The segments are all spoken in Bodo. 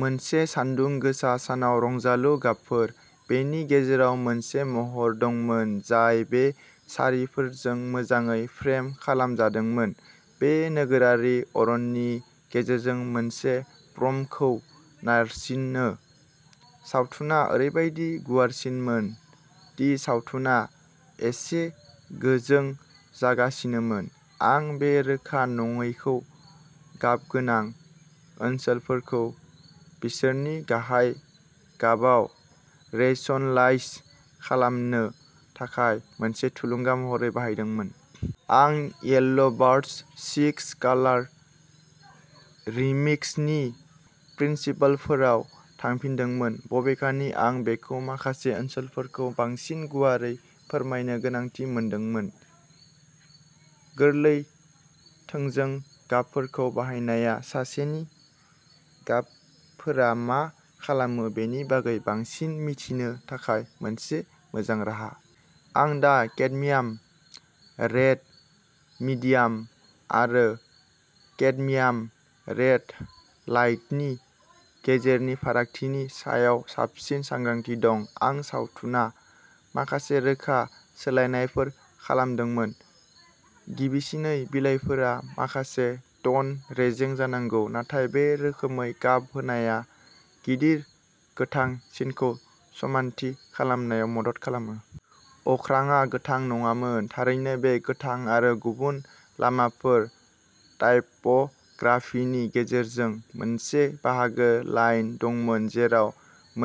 मोनसे सानदुं गोसा सानाव रंजालु गाबफोर। बेनि गेजेराव मोनसे महर दंमोन, जाय बे सारिफोरजों मोजाङै फ्रेम खालामजादोंमोन। बे नोगोरारि अरननि गेजेरजों मोनसे प्रमखौ नारसिनो। सावथुना ओरैबायदि गुवारसिनमोन दि सावथुना एसे गोजों जागासिनोमोन। आं बे रोखा नङैखौ गाबगोनां ओनसोलफोरखौ बिसोरनि गाहाय गाबाव रैसेनलाइज खालामनो थाखाय मोनसे थुलुंगा महरै बाहायदोंमोन। आं येल्ल'बार्स्ट सिक्स कालार रिमिक्स नि प्रिन्सिपलफोराव थांफिनदोंमोन। बबेखानि आं बेखौ माखासे ओनसोलफोरखौ बांसिन गुवारै फोरमायनो गोनांथि मोनदोंमोन। गोरलै थोंजों गाबफोरखौ बाहायनाया सासेनि गाबफोरा मा खालामो बेनि बागै बांसिन मिथिनो थाखाय मोनसे मोजां राहा। आं दा केडमियाम रेड मिडियाम आरो केडमियाम रेड लाइटनि गेजेरनि फारागथिनि सायाव साबसिन सांग्रांथि दं। आं सावथुना माखासे रोखा सोलायनायफोर खालामदोंमोन। गिबिसिनै बिलाइफोरा माखासे टन रेजें जानांगौ। नाथाय बे रोखोमै गाब होनायआ गिदिर गोथां सिनखौ समानथि खालामनायाव मदद खालामो। अख्राङा गोथां नङामोन। थारैनो बे गोथां आरो गुबुन लामाफोर टाइप'ग्राफिनि गेजेरजों मोनसे बाहागो लाइन दंमोन जेराव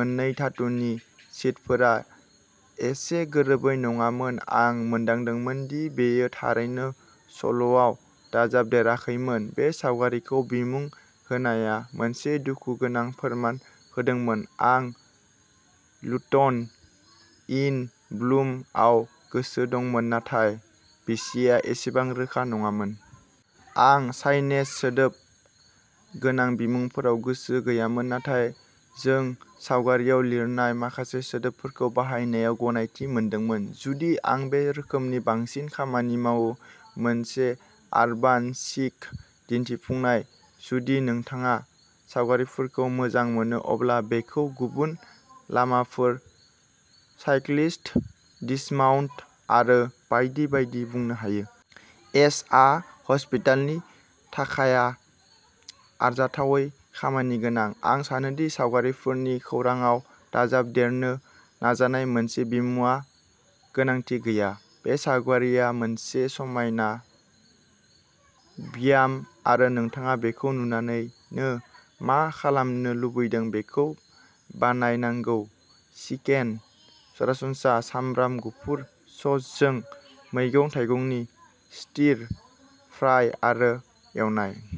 मोननै धातुनि शीटफोरा एसे गोरोबै नङामोन आं मोनदांदोंमोन दि बेयो थारैनो सल'आव दाजाबदेराखैमोन। बे सावगारिखौ बिमुं होनाया मोनसे दुखुगोनां फोरमान होदोंमोन, आं लुटन इन ब्लुम आव गोसो दंमोन नाथाय बिसिया एसेबां रोखा नङामोन। आं साइनेज सोदोब गोनां बिमुंफोराव गोसो गैयामोन नाथाय जों सावगारिआव लिरनाय माखासे सोदोबफोरखौ बाहायनायाव गनायथि मोनदोंमोन। जुदि आं बे रोखोमनि बांसिन खामानि मावो मोनसे आरबान चिक दिन्थिफुंनाय जुदि नोंथाङा सावगारिफोरखौ मोजां मोनो अब्ला बेखौ गुबुन लामाफोर, साइक्लिस्ट डिसमाउन्ट आरो बायदि बायदि बुंनो हायो। एच'आ हस्पिटलनि थाखाया आरजाथावै खामानिगोनां। आं सानो दि सावगारिफोरनि खौरांआव दाजाबदेरनो नाजानाय मोनसे बिमुंआ गोनांथि गैया। बे सावगारिआ मोनसे समायना ब्याम आरो नोंथाङा बेखौ नुनानैनो मा खालामनो लुबैदों बेखौ बानायनांगौ। चिकेन। सरासनस्रा सामब्राम गुफुर ससजों मैगं-थाइगंनि स्टिर फ्राइ आरो एवनाय